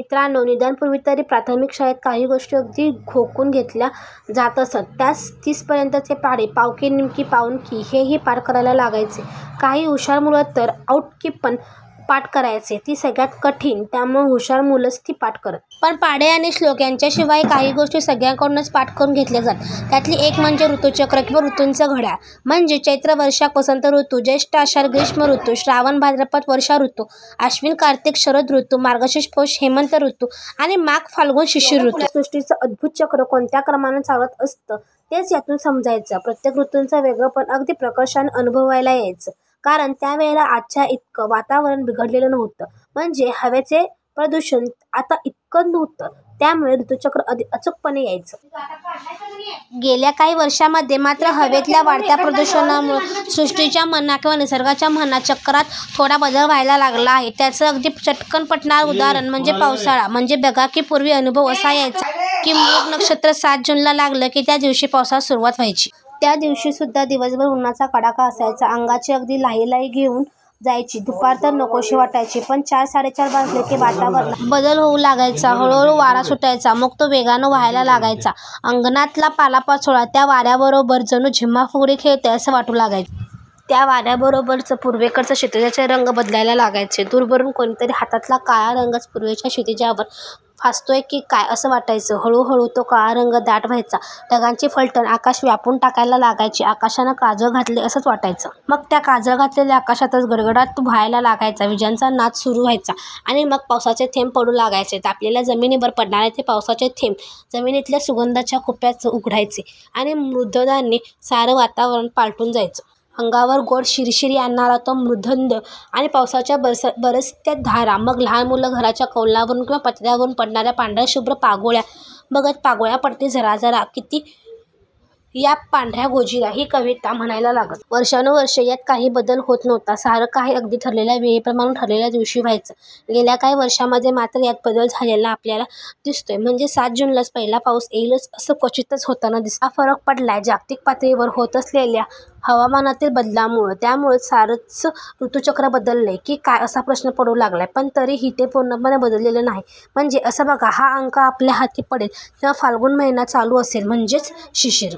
मित्रांनो, निदान पूर्वीतरी प्राथमिक शाळेत काही गोष्टी अगदी घोकून घेतल्या जात असत. त्यात तीसपर्यंतचे पाढे, पावकी, निमकी, पाऊणकी हेही पाठ करायला लागायचे. काही हुशार मुलं तर औटकीपण पाठ करायचे. ती सगळ्यात कठीण, त्यामुळं हुशार मुलंच ती पाठ करत. पण पाढे आणि श्लोक यांच्याशिवायही काही गोष्टी सगळ्यांकडूनच पाठ करून घेतल्या जात. त्यातली एक म्हणजे ऋतुचक्र! किंवा ऋतूंचं घड्याळ!! म्हणजे चैत्र-वैशाख वसंत ऋतू, ज्येष्ठ-आषाढ ग्रीष्म ऋतू, श्रावण-भाद्रपद वर्षा ऋतू, आश्विन-कार्तिक शरद ऋतू, मार्गशीर्ष-पौष हेमंत ऋतू आणि माघ-फाल्गुन शिशिर ऋतू! आपलं सृष्टीचं अद्भुत चक्र कोणत्या क्रमानं चालत असतं, तेच यातून समजायचं. प्रत्येक ऋतूचं वेगळेपण अगदी प्रकर्षानं अनुभवायला यायचं; कारण त्यावेळेला आजच्या इतकं वातावरण बिघडलेलं नव्हतं. म्हणजे हवेचं प्रदूषण आता इतकं नव्हतं. त्यामुळं ऋतुचक्र अगदी अचूकपणं यायचं. गेल्या काही वर्षांमध्ये मात्र हवेतल्या वाढत्या प्रदूषणामुळं सृष्टीच्या म्हणा किंवा निसर्गाच्या म्हणा, चक्रात थोडा बदल व्हायला लागला आहे. त्याचं अगदी चटकन पटणारं उदाहरण म्हणजे पावसाळा! म्हणजे बघा की पूर्वी अनुभव असा यायचा की मृग नक्षत्र सात जूनला लागलं की त्या दिवशी पावसाला सुरुवात व्हायची. त्या दिवशीसुद्धा दिवसभर उन्हाचा कडाका असायचा. अंगाची अगदी लाही लाही होऊन जायची. दुपार तर नकोशी वाटायची. पण चार-साडेचार वाजले की वातावरणात बदल होऊ लागायचा. हळूहळू वारा सुटायचा. मग तो वेगानं वहायला लागायचा. अंगणातला पालापाचोळा त्या वाऱ्याबरोबर जणू झिम्मा-फुगडी खेळतोय असं वाटू लागायचं. त्या वाऱ्याबरोबरच पूर्वेकडचं क्षितिजाचे रंग बदलायला लागायचे. दूरवरून कोणीतरी हातातला काळा रंगच पूर्वेच्या क्षितिजावर फासतोय की काय असं वाटायचं. हळूहळू तो काळा रंग दाट व्हायचा. ढगांची फलटण आकाश व्यापून टाकायला लागायची. आकाशानं काजळ घातलंय असंच वाटायचं. मग त्या काजळ घातलेल्या आकाशातच गडगडाट व्हायला लागायचा. विजांचा नाच सुरू व्हायचा आणि मग पावसाचे थेंब पडू लागायचे. तापलेल्या जमिनीवर पडणारे ते पावसाचे थेंब जमिनीतल्या सुगंधाच्या कुप्याच उघडायचे आणि मृद्गंधानं सारं वातावरण पालटून जायचं... अंगावर गोड शिरशिरी आणणारा तो मृद्गंध आणि पावसाच्या बरसत्या धारा... मग लहान मुलं घराच्या कौलांवरून किंवा पत्र्यावरून पडणाऱ्या पांढऱ्या शुभ्र पागोळ्या बघत 'पागोळ्या पडती झराझर किती या पांढऱ्या गोजिऱ्या...' ही कविता म्हणायला लागत. वर्षानुवर्षं यात काहीही बदल होत नव्हता. सारं काही अगदी ठरलेल्या वेळेप्रमाणं, ठरलेल्या दिवशी, व्हायचं. गेल्या काही वर्षांमध्ये मात्र यात बदल झालेला आपल्याला दिसतोय. म्हणजे सात जूनलाच पहिला पाऊस येईलच, असं क्वचितच होताना दिसतंय. हा फरक पडलाय जागतिक पातळीवर होत असलेल्या हवामानातील बदलामुळं! त्यामुळंच सारंच ऋतुचक्र बदलतंय की काय असा प्रश्न पडू लागलाय. पण तरीही ते पूर्णपणं बदललेलं नाही. म्हणजे असं बघा, हा अंक आपल्या हाती पडेल, तेव्हा फाल्गुन महिना चालू असेल. म्हणजेच शिशिर